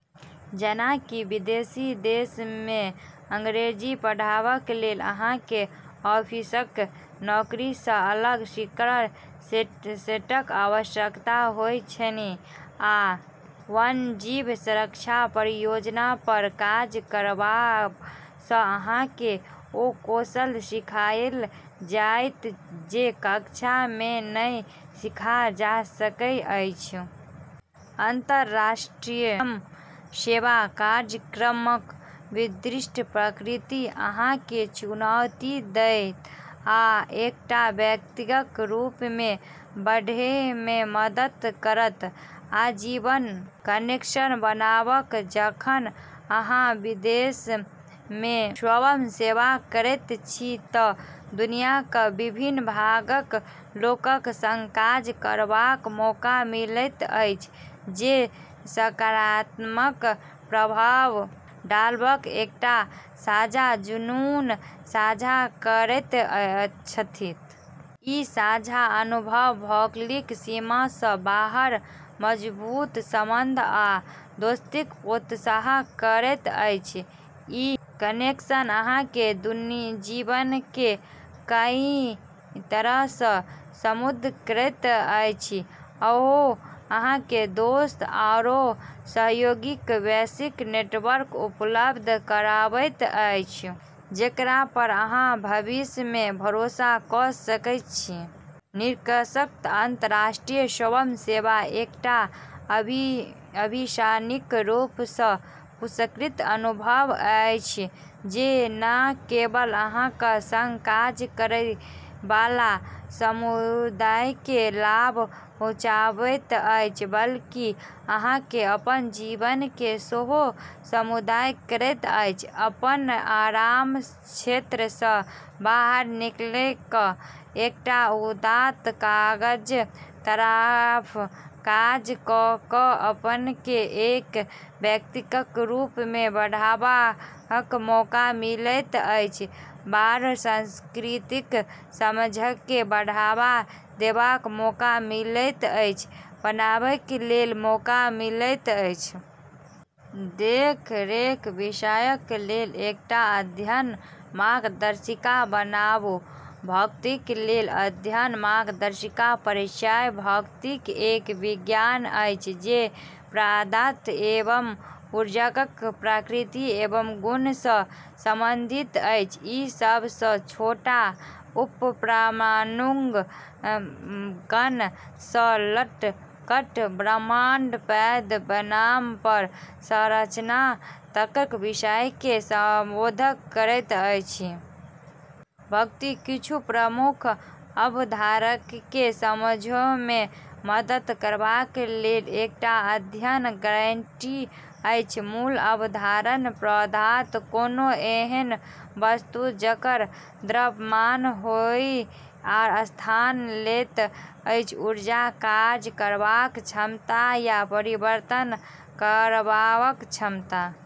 जेना कि विदेशी देश मे अंग्रेजी पढ़ाबै लेल अहाँकेँ ऑफिसक नौकरी सँ अलग स्किल सेटक आवश्यकता होइत छनि, आ वन्यजीव संरक्षण परियोजना पर काज करबा सँ अहाँकेँ ओ कौशल सिखाएल जायत जे कक्षा मे नहि सीखल जा सकैत अछि। अंतर्राष्ट्रीय स्वयंसेवा कार्यक्रमक विशिष्ट प्रकृति अहाँकेँ चुनौती देत आ एकटा व्यक्तिक रूप मे बढ़ै मे मदद करत। आजीवन कनेक्शन बनाउ जखन अहाँ विदेश मे स्वयंसेवा करैत छी तँ दुनियाक विभिन्न भागक लोकक संग काज करबाक मौका मिलैत अछि जे सकारात्मक प्रभाव डालबाक एकटा साझा जुनून साझा करैत छथि। ई साझा अनुभव भौगोलिक सीमा सँ बाहर मजबूत संबंध आ दोस्तीक पोषण करैत अछि। ई कनेक्शन अहाँक जीवनकेँ कई तरह सँ समृद्ध करैत अछि आओर अहाँकेँ दोस्त आओर सहयोगीक वैश्विक नेटवर्क उपलब्ध कराबैत अछि जेकरा पर अहाँ भविष्य मे भरोसा कऽ सकैत छी। निष्कर्षतः, अंतर्राष्ट्रीय स्वयंसेवा एकटा अविश्वसनीय रूप सँ पुरस्कृत अनुभव अछि जे न केवल अहाँक संग काज करै बला समुदायकेँ लाभ पहुँचाबैत अछि बल्कि अहाँक अपन जीवनकेँ सेहो समृद्ध करैत अछि। अपन आराम क्षेत्र सँ बाहर निकली कऽ एकटा उदात्त काजक तरफ काज कऽ कऽ अपनेकेँ एक व्यक्तिक रूप मे बढ़बाक मौका मिलैत अछि, पार-सांस्कृतिक समझकेँ बढ़ावा देबाक मौका मिलैत अछि, बनाबै लेल मौका मिलैत अछि। देल गेल विषयक लेल एकटा अध्ययन मार्गदर्शिका बनाउ। भौतिकीक लेल अध्ययन मार्गदर्शिका परिचय: भौतिकी एक विज्ञान अछि जे पदार्थ एवं ऊर्जाक प्रकृति एवं गुण सँ संबंधित अछि। ई सभ सँ छोट उपपरमाणु कण सँ लऽ कऽ ब्रह्मांडक पैघ पैमाना पर संरचना तकक विषयकेँ संबोधित करैत अछि। भौतिकीक किछ प्रमुख अवधारणाकेँ समझै मे मदद करबा लेल एकटा अध्ययन गाइड अछि। मूल अवधारणा: पदार्थ: कोनो एहन वस्तु जकर द्रव्यमान होए आ स्थान लैत अछि ऊर्जा: काज करबाक क्षमता या परिवर्तन करबाक क्षमता।